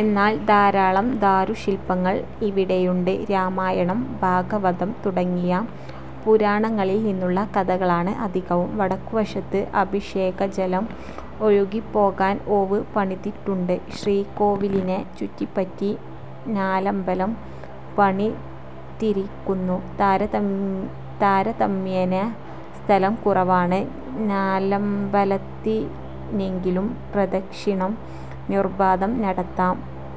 എന്നാൽ, ധാരാളം ദാരുശില്പങ്ങൾ ഇവിടെയുണ്ട്. രാമായണം, ഭാഗവതം തുടങ്ങിയ പുരാണങ്ങളിൽ നിന്നുള്ള കഥകളാണ് അധികവും. വടക്കുവശത്ത്, അഭിഷേകജലം ഒഴുകിപ്പോകാൻ ഓവ് പണിതിട്ടുണ്ട്. ശ്രീകോവിലിനെ ചുറ്റിപ്പറ്റി നാലമ്പലം പണിതിരിയ്ക്കുന്നു. താരതമ്യേന സ്ഥലം കുറവാണ് നാലമ്പലത്തിനെങ്കിലും പ്രദക്ഷിണം നിർബാധം നടത്താം.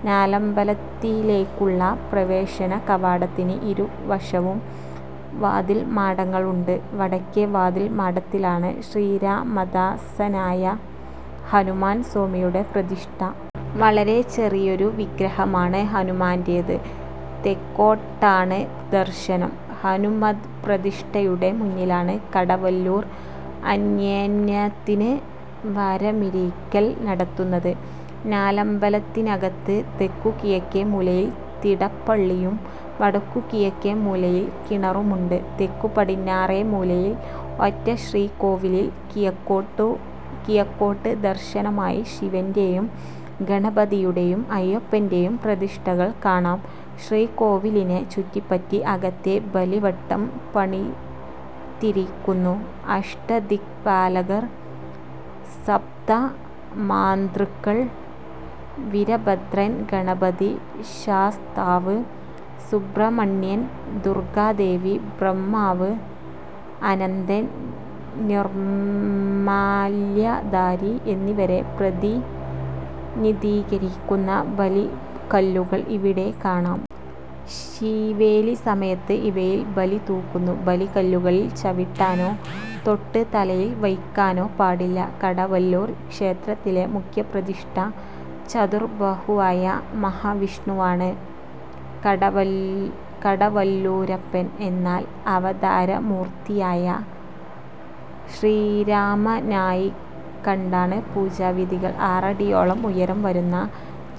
നാലമ്പലത്തിലേയ്ക്കുള്ള പ്രവേശനകവാടത്തിന് ഇരുവശവും വാതിൽമാടങ്ങളുണ്ട്. വടക്കേ വാതിൽമാടത്തിലാണ് ശ്രീരാമദാസനായ ഹനുമാൻ സ്വാമിയുടെ പ്രതിഷ്ഠ. വളരെ ചെറിയൊരു വിഗ്രഹമാണ് ഹനുമാന്റേത്. തെക്കോട്ടാണ് ദർശനം. ഹനുമദ്പ്രതിഷ്ഠയുടെ മുന്നിലാണ് കടവല്ലൂർ അന്യോന്യത്തിന് വാരമിരിയ്ക്കൽ നടത്തുന്നത്. നാലമ്പലത്തിനകത്ത് തെക്കുകിഴക്കേമൂലയിൽ തിടപ്പള്ളിയും വടക്കുകിഴക്കേമൂലയിൽ കിണറുമുണ്ട്. തെക്കുപടിഞ്ഞാറേമൂലയിൽ ഒറ്റശ്രീകോവിലിൽ കിഴക്കോട്ട് ദർശനമായി ശിവന്റെയും ഗണപതിയുടെയും അയ്യപ്പന്റെയും പ്രതിഷ്ഠകൾ കാണാം. ശ്രീകോവിലിനെ ചുറ്റിപ്പറ്റി അകത്തെ ബലിവട്ടം പണിതിരിയ്ക്കുന്നു. അഷ്ടദിക്പാലകർ, സപ്തമാതൃക്കൾ, വീരഭദ്രൻ, ഗണപതി, ശാസ്താവ്, സുബ്രഹ്മണ്യൻ, ദുർഗ്ഗാദേവി, ബ്രഹ്മാവ്, അനന്തൻ, നിർമ്മാല്യധാരി എന്നിവരെ പ്രതിനിധീകരിയ്ക്കുന്ന ബലിക്കല്ലുകൾ ഇവിടെക്കാണാം. ശീവേലിസമയത്ത് ഇവയിൽ ബലിതൂകുന്നു. ബലിക്കല്ലുകളിൽ ചവിട്ടാനോ തൊട്ട് തലയിൽ വയ്ക്കാനോ പാടില്ല. കടവല്ലൂർ ക്ഷേത്രത്തിലെ മുഖ്യപ്രതിഷ്ഠ. ചതുർബാഹുവായ മഹാവിഷ്ണുവാണ് കടവല്ലൂരപ്പൻ. എന്നാൽ, അവതാരമൂർത്തിയായ ശ്രീരാമനായിക്കണ്ടാണ് പൂജാവിധികൾ. ആറടിയോളം ഉയരം വരുന്ന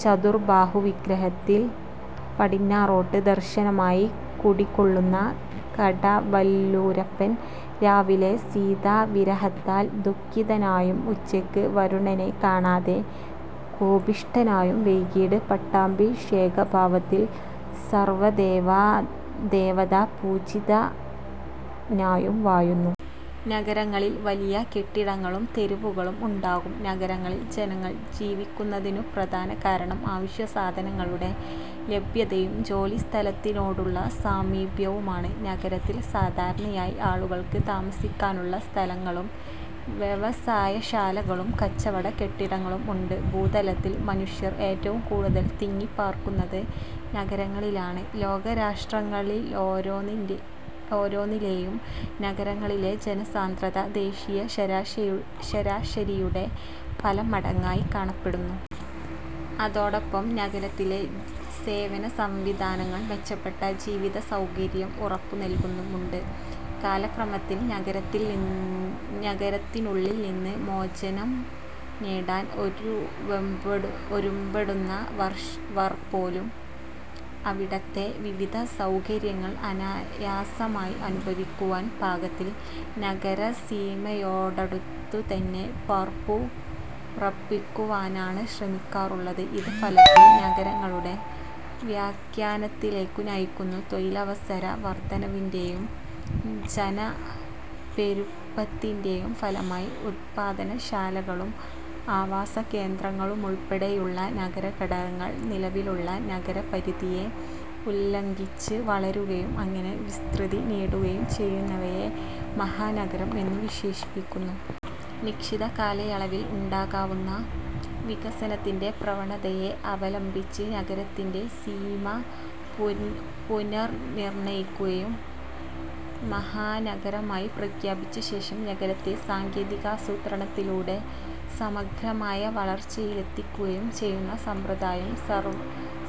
ചതുർബാഹു വിഗ്രഹത്തിൽ പടിഞ്ഞാറോട്ട് ദർശനമായി കുടികൊള്ളുന്ന കടവല്ലൂരപ്പൻ, രാവിലെ സീതാവിരഹത്താൽ ദുഃഖിതനായും, ഉച്ചയ്ക്ക് വരുണനെക്കാണാതെ കോപിഷ്ഠനായും, വൈകീട്ട് പട്ടാഭിഷേകഭാവത്തിൽ സർവ്വദേവതാപൂജിതനായും വാഴുന്നു. നഗരങ്ങളിൽ വലിയ കെട്ടിടങ്ങളും തെരുവുകളും ഉണ്ടാകും. നഗരങ്ങളിൽ ജനങ്ങൾ ജീവിക്കുന്നതിനു പ്രധാന കാരണം അവശ്യ സാധനങ്ങളുടെ ലഭ്യതയും ജോലിസ്ഥലത്തിനോടുള്ള സാമീപ്യവുമാണ്. നഗരത്തിൽ സാധാരണയായി ആളുകൾക്ക് താമസിക്കാനുള്ള സ്ഥലങ്ങളും വ്യവസായശാലകളും കച്ചവട കെട്ടിടങ്ങളും ഉണ്ട്. ഭൂതലത്തിൽ മനുഷ്യർ ഏറ്റവും കൂടുതൽ തിങ്ങിപ്പാർക്കുന്നത് നഗരങ്ങളിലാണ്. ലോകരാഷ്ട്രങ്ങളിലോരോന്നിലെയും നഗരങ്ങളിലെ ജനസാന്ദ്രത ദേശീയ ശരാശരിയുടെ പല മടങ്ങായി കാണപ്പെടുന്നു. അതോടൊപ്പം നഗരത്തിലെ സേവനസംവിധാനങ്ങൾ മെച്ചപ്പെട്ട ജീവിതസൌകര്യം ഉറപ്പുനല്കുന്നുമുണ്ട്. കാലക്രമത്തിൽ, നഗരത്തിൽ നിന്ന് നഗരത്തിനുള്ളിൽനിന്ന് മോചനംനേടാൻ ഒരുമ്പെടുന്നവർപോലും അവിടത്തെ വിവിധ സൌകര്യങ്ങൾ അനായാസമായി അനുഭവിക്കുവാൻ പാകത്തിൽ നഗരസീമയോടടുത്തുതന്നെ പാർപ്പുറപ്പിക്കുവാനാണ് ശ്രമിക്കാറുള്ളത്. ഇത് ഫലത്തിൽ നഗരങ്ങളുടെ വ്യാപനത്തിലേക്കു നയിക്കുന്നു. തൊഴിലവസരവർധനവിന്റെയും ജനപ്പെരുപ്പത്തിന്റെയും ഫലമായി ഉത്പാദനശാലകളും ആവാസകേന്ദ്രങ്ങളുമുൾപ്പെടെയുള്ള നഗരഘടകങ്ങൾ നിലവിലുള്ള നഗരപരിധിയെ ഉല്ലംഘിച്ച് വളരുകയും അങ്ങനെ വിസ്തൃതി നേടുകയും ചെയ്യുന്നവയെ മഹാനഗരം എന്നു വിശേഷിപ്പിക്കുന്നു. നിശ്ചിതകാലയളവിൽ ഉണ്ടാകാവുന്ന വികസനത്തിന്റെ പ്രവണതയെ അവലംബിച്ച് നഗരത്തിന്റെ സീമ പുനർനിർണയിക്കുകയും മഹാനഗരമായി പ്രഖ്യാപിച്ചശേഷം നഗരത്തെ സാങ്കേതികാസൂത്രണത്തിലൂടെ സമഗ്രമായ വളർച്ചയിലെത്തിക്കുകയും ചെയ്യുന്ന സമ്പ്രദായം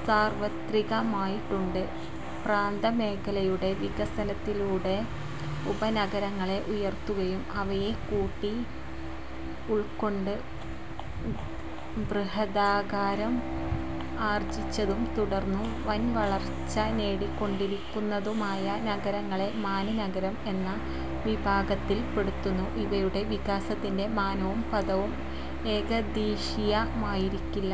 സാർവത്രികമായിട്ടുണ്ട്. പ്രാന്തമേഖലയുടെ വികസനത്തിലൂടെ ഉപനഗരങ്ങളെ ഉയർത്തുകയും അവയെക്കൂടി ഉൾക്കൊണ്ട് ബൃഹദാകാരം ആർജിച്ചതും തുടർന്നും വൻവളർച്ചനേടിക്കൊണ്ടിരിക്കുന്നതുമായ നഗരങ്ങളെ മാനഗരം എന്ന വിഭാഗത്തിൽപ്പെടുത്തുന്നു. ഇവയുടെ വികാസത്തിന്റെ മാനവും പഥവും ഏകദിശീയമായിരിക്കില്ല.